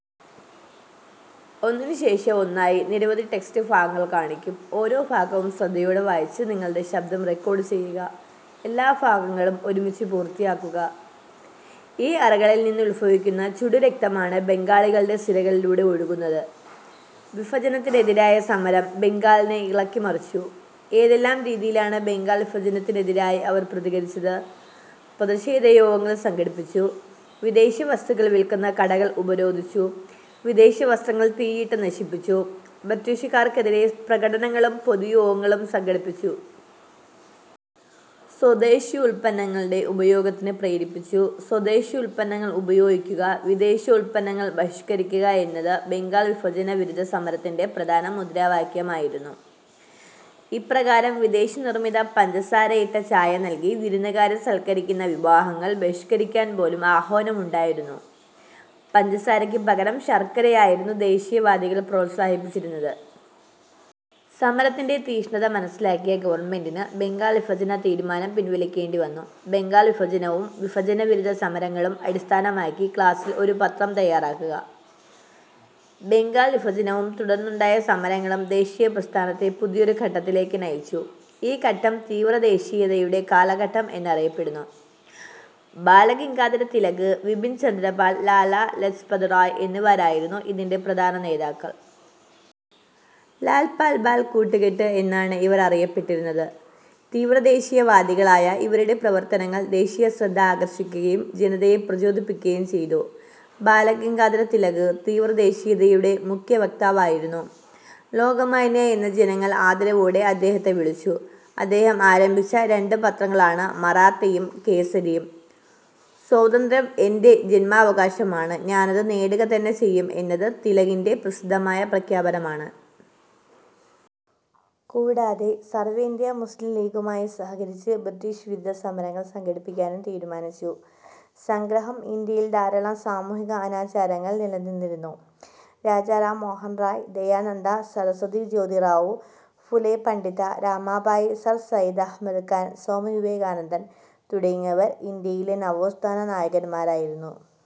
ഈ അറകളിൽ നിന്നുത്ഭവിക്കുന്ന ചുടുരക്തമാണ് ബംഗാളികളുടെ സിരകളിലൂടെ ഒഴുകുന്നത്. വിഭജനത്തിനെതിരായ സമരം ബംഗാളിനെ ഇളക്കിമറിച്ചു. ഏതെല്ലാം രീതിയിലാണ് ബംഗാൾ വിഭജനത്തിനെതിരായി അവർ പ്രതികരിച്ചത്? പ്രതിഷേധ യോഗങ്ങൾ സംഘടിപ്പിച്ചു. വിദേശ വസ്തുക്കൾ വിൽക്കുന്ന കടകൾ ഉപരോധിച്ചു. വിദേശ വസ്ത്രങ്ങൾ തീയിട്ട് നശിപ്പിച്ചു. ഇംഗ്ലീഷുകാർക്കെതിരെ പ്രകടനങ്ങളും പൊതുയോഗങ്ങളും സംഘടിപ്പിച്ചു. സ്വദേശി ഉൽപന്നങ്ങളുടെ ഉപയോഗത്തിന് പ്രേരിപ്പിച്ചു. സ്വദേശി ഉൽപ്പന്നങ്ങൾ ഉപയോഗിക്കുക, വിദേശ ഉൽപ്പന്നങ്ങൾ ബഹിഷ്കരിക്കുക എന്നത് ബംഗാൾ വിഭജന വിരുദ്ധ സമരത്തിന്റെ പ്രധാന മുദ്രാവാക്യമായിരുന്നു. ഇപ്രകാരം വിദേശ നിർമ്മിത പഞ്ചസാരയിട്ട ചായ നൽകി വിരുന്നുകാരെ സൽക്കരിക്കുന്ന വിവാഹങ്ങൾ ബഹിഷ്കരിക്കാൻപോലും ആഹ്വാനമുണ്ടായിരുന്നു. പഞ്ചസാരയ്ക്ക് പകരം ശർക്കരയായിരുന്നു ദേശീയവാദികൾ പ്രോത്സാഹിപ്പിച്ചിരുന്നത്. സമരത്തിന്റെ തീക്ഷ്ണത മനസിലാക്കിയ ഗവൺമെന്റിന് ബംഗാൾ വിഭജന തീരുമാനം പിൻവലിക്കേണ്ടിവന്നു. ബംഗാൾ വിഭജനവും വിഭജനവിരുദ്ധ സമരങ്ങളും അടിസ്ഥാനമാക്കി ക്ലാസിൽ ഒരു പത്രം തയ്യാറാക്കുക. ബംഗാൾ വിഭജനവും തുടർന്നുണ്ടായ സമരങ്ങളും ദേശീയപ്രസ്ഥാനത്തെ പുതിയൊരു ഘട്ടത്തിലേക്ക് നയിച്ചു. ഈ കാലഘട്ടം തീവ്രദേശീയതയുടെ കാലഘട്ടം എന്നറിയപ്പെടുന്നു. ബാലഗംഗാധര തിലക്, ബിപിൻ ചന്ദ്രപാൽ, ലാലാ ലജ്പത്റായ് എന്നിവരായിരുന്നു ഇതിന്റെ പ്രധാന നേതാക്കൾ. ""ലാൽ, പാൽ, ബാൽ കൂട്ടുകെട്ട്' എന്നാണ് ഇവർ അറിയപ്പെട്ടിരുന്നത്. തീവ്രദേശീയ വാദികളായ ഇവരുടെ പ്രവർത്തനങ്ങൾ ദേശീയശ്രദ്ധ ആകർഷിക്കുകയും ജനതയെ പ്രചോദിപ്പിക്കുകയും ചെയ്തു. ബാലഗംഗാധരതിലക് തീവ്രദേശീയതയുടെ മുഖ്യവക്താവായിരുന്നു. ""ലോകമാന്യ' എന്ന് ജനങ്ങൾ ആദരവോടെ അദ്ദേഹത്തെ വിളിച്ചു. അദ്ദേഹം ആരംഭിച്ച രണ്ട് പത്രങ്ങളാണ് മറാത്തയും കേസരിയും. "സ്വാതന്ത്ര്യം എന്റെ ജന്മാവകാശമാണ്, ഞാനത് നേടുക തന്നെ ചെയ്യും" എന്നത് തിലകിന്റെ പ്രസിദ്ധമായ പ്രഖ്യാപനമാണ്. കൂടാതെ, സർവ്വേന്ത്യാ മുസ്ലീംലീഗുമായി സഹകരിച്ച് ബ്രിട്ടീഷ് വിരുദ്ധ സമരങ്ങൾ സംഘടിപ്പിക്കാനും തീരുമാനിച്ചു. സംഗ്രഹം- ഇന്ത്യയിൽ ധാരാളം സാമൂഹിക അനാചാരങ്ങൾ നിലനിന്നിരുന്നു. രാജാ റാംമോഹൻ റോയ്, ദയാനന്ദ സരസ്വതി, ജോതിറാവു ഫുലെ, പണ്ഡിത രമാബായ്, സർ സയ്യിദ് അഹമ്മദ് ഖാൻ, സ്വാമി വിവേകാനന്ദൻ തുടങ്ങിയവർ ഇന്ത്യയിലെ നവോത്ഥാന നായകന്മാരായിരുന്നു.